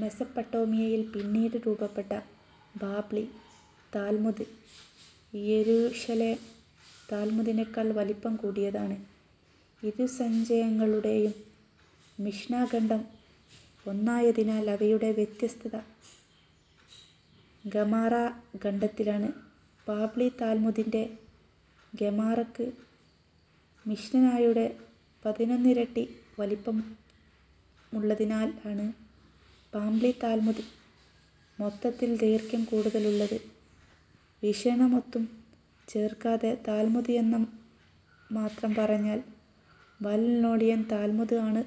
മെസോപ്പെട്ടൊമിയായിൽ പിന്നീടു രൂപപ്പെട്ട 'ബാബ്ലി' താൽമുദ്, യെരുശലേം താൽമുദിനേക്കാൾ വലിപ്പം കൂടിയതാണ്. ഇരു സഞ്ചയങ്ങളുടെയും മിശ്നാ ഖണ്ഡം ഒന്നായതിനാൽ അവയുടെ വ്യത്യസ്തത ഗെമാറ ഖണ്ഡത്തിലാണ്. 'ബാബ്ലി' താൽമുദിന്റെ ഗെമാറക്ക് മിശ്നായുടെ പതിനൊന്നിരട്ടി വലിപ്പമുള്ളതിനാലാണ് 'ബാബ്ലി' താൽമുദിന് മൊത്തത്തിൽ ദൈർഘ്യം കൂടുതലുള്ളത്. വിശേഷണമൊന്നും ചേർക്കാതെ താൽമുദ് എന്നു മാത്രം പറഞ്ഞാൽ ബാലിലോണിയൻ താൽമുദ് ആണ്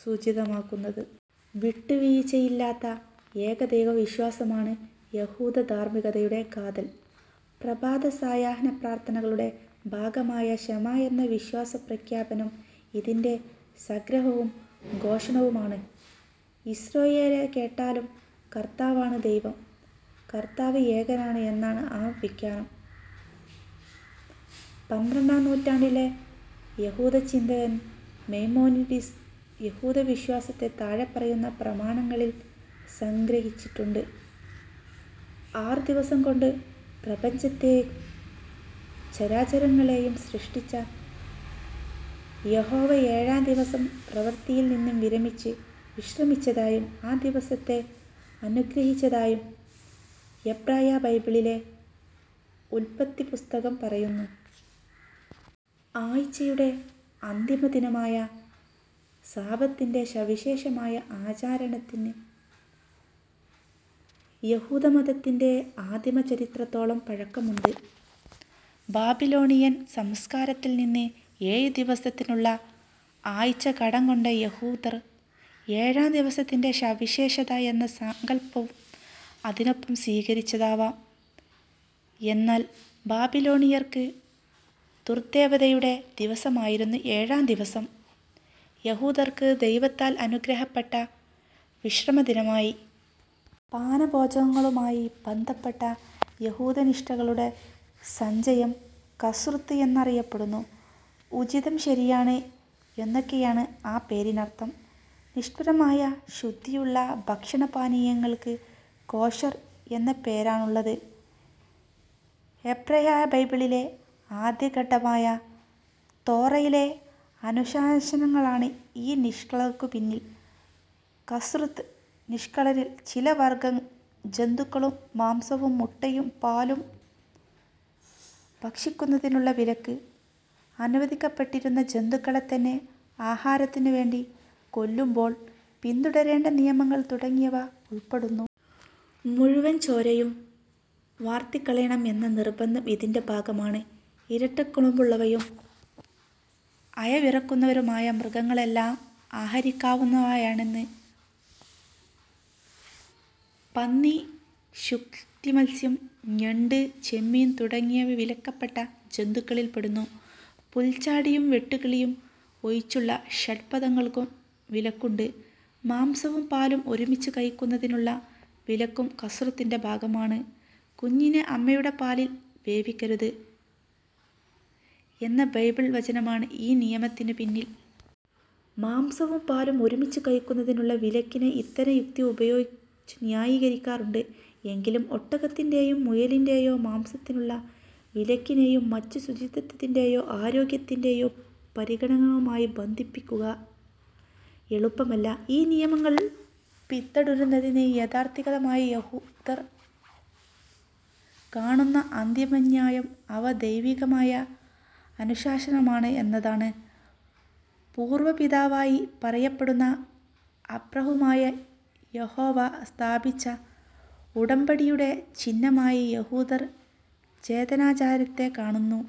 സൂചിതമാകുന്നത്. വിട്ടുവീഴ്ചയില്ലാത്ത ഏകദൈവവിശ്വാസമാണ് യഹൂദധാർമ്മികതയുടെ കാതൽ. പ്രഭാത-സായാഹ്നപ്രാർത്ഥനകളുടെ ഭാഗമായ ഷെമാ എന്ന വിശ്വാസപ്രഖ്യാപനം, ഇതിന്റെ സംഗ്രഹവും ഘോഷണവുമാണ്. "യിസ്രായേലേ കേട്ടാലും: കർത്താവാണ് ദൈവം; കർത്താവ് ഏകനാണ്" എന്നാണ് ആ പ്രഖ്യാപനം. പന്ത്രണ്ടാം നൂറ്റാണ്ടിലെ യഹൂദചിന്തകൻ മൈമോനിഡിസ്, യഹൂദവിശ്വാസത്തെ താഴെപ്പറയുന്ന പ്രമാണങ്ങളിൽ സംഗ്രഹിച്ചിട്ടുണ്ട്. ആറുദിവസം കൊണ്ട് പ്രപഞ്ചത്തേയും ചരാചരങ്ങളേയും സൃഷ്ടിച്ച യഹോവ ഏഴാം ദിവസം പ്രവൃത്തിയിൽ നിന്നു വിരമിച്ച് വിശ്രമിച്ചതായും ആ ദിവസത്തെ അനുഗ്രഹിച്ചതായും എബ്രായബൈബിളിലെ ഉല്പത്തിപ്പുസ്തകം പറയുന്നു. ആഴ്ചയുടെ അന്തിമദിനമായ സാബത്തിന്റെ സവിശേഷമായ ആചരണത്തിന് യഹൂദമതത്തിന്റെ ആദിമചരിത്രത്തോളം പഴക്കമുണ്ട്. ബാബിലോണിയൻ സംസ്കാരത്തിൽ നിന്ന് ഏഴു ദിവസങ്ങളുള്ള ആഴ്ച കടം കൊണ്ട യഹൂദർ, ഏഴാം ദിവസത്തിന്റെ സവിശേഷത എന്ന സങ്കല്പവും അതിനൊപ്പം സ്വീകരിച്ചതാവാം. എന്നാൽ ബാബിലോണിയർക്ക് ദുർദ്ദേവതയുടെ ദിവസമായിരുന്ന ഏഴാം ദിവസം യഹൂദർക്ക് ദൈവത്താൽ അനുഗ്രഹിക്കപ്പെട്ട വിശ്രമദിനമായി. പാനഭോജനങ്ങളുമായി ബന്ധപ്പെട്ട യഹൂദനിഷ്ഠകളുടെ സഞ്ചയം 'കസ്രുത്ത്' എന്നറിയപ്പെടുന്നു. ഉചിതം, ശരിയായത്, എന്നൊക്കെയാണ് ആ പേരിനർത്ഥം. നിഷ്ഠാപരമായ ശുദ്ധിയുള്ള ഭക്ഷണപാനീയങ്ങൾക്ക് 'കോഷർ' എന്ന പേരാണുള്ളത്. എബ്രായബൈബിളിലെ ആദ്യഖണ്ഡമായ തോറയിലെ അനുശാസനങ്ങളാണ് ഈ നിഷ്കളർക്കു പിന്നിൽ. 'കസ്രുത്ത്'-നിഷ്കളർ ചില വർഗ്ഗം ജന്തുക്കളുടെ മാംസവും മുട്ടയും പാലും ഭക്ഷിക്കുന്നതിനുള്ള വിലക്ക്; അനുവദിക്കപ്പെട്ടിരിക്കുന്ന ജന്തുക്കളെത്തന്നെ ആഹാരത്തിനു വേണ്ടി കൊല്ലുമ്പോൾ പിന്തുടരേണ്ട നിയമങ്ങൾ തുടങ്ങിയവ ഉൾപ്പെടുന്നു. മുഴുവൻ ചോരയും വാർത്തിക്കളയണം എന്ന നിർബ്ബന്ധം ഇതിന്റെ ഭാഗമാണ്. ഇരട്ടക്കുളമ്പുള്ളവയും അയവിറക്കുന്നവയുമായ മൃഗങ്ങളെല്ലാം ആഹരിക്കാവുന്നവയാണ്. പന്നി, ശുക്തിമത്സ്യം, ഞണ്ട്, ചെമ്മീൻ തുടങ്ങിയവ വിലക്കപ്പെട്ട ജന്തുക്കളിൽ പെടുന്നു. പുൽച്ചാടിയും വെട്ടുക്കിളിയും ഒഴിച്ചുള്ള ഷ്ഡ്പദങ്ങൾക്കും വിലക്കുണ്ട്. മാംസവും പാലും ഒരുമിച്ചു കഴിക്കുന്നതിനുള്ള വിലക്കും കസ്രുത്തിന്റെ ഭാഗമാണ്. "കുഞ്ഞിനെ അമ്മയുടെ പാലിൽ വേവിക്കരുത്" എന്ന ബൈബിൾ വചനമാണ് ഈ നിയമത്തിനു പിന്നിൽ. മാംസവും പാലും ഒരുമിച്ചു കഴിക്കുന്നതിനുള്ള വിലക്കിനെ ഇത്തരം യുക്തി ഉപയോഗിച്ചു ന്യായീകരിക്കാറുണ്ട്. എങ്കിലും ഒട്ടകത്തിന്റേയോ മുയലിന്റേയോ മാംസത്തിനുള്ള വിലക്കിനേയും മറ്റും ശുചിത്വത്തിന്റേയോ ആരോഗ്യത്തിന്റേയോ പരിഗണനകളുമായി ബന്ധിപ്പിക്കുക എളുപ്പമല്ല. ഈ നിയമങ്ങൾ പിന്തുടരുന്നതിന് യാഥാസ്ഥിതികയഹൂദർ കാണുന്ന അന്തിമന്യായം അവ ദൈവികമായ അനുശാശനമാണ് എന്നതാണ്. പൂർവപിതാവായി പറയപ്പെടുന്ന അബ്രാഹവുമായി യഹോവ സ്ഥാപിച്ച ഉടമ്പടിയുടെ ചിഹ്നമായി യഹൂദർ ഛേദനാചാരത്തെ കാണുന്നു.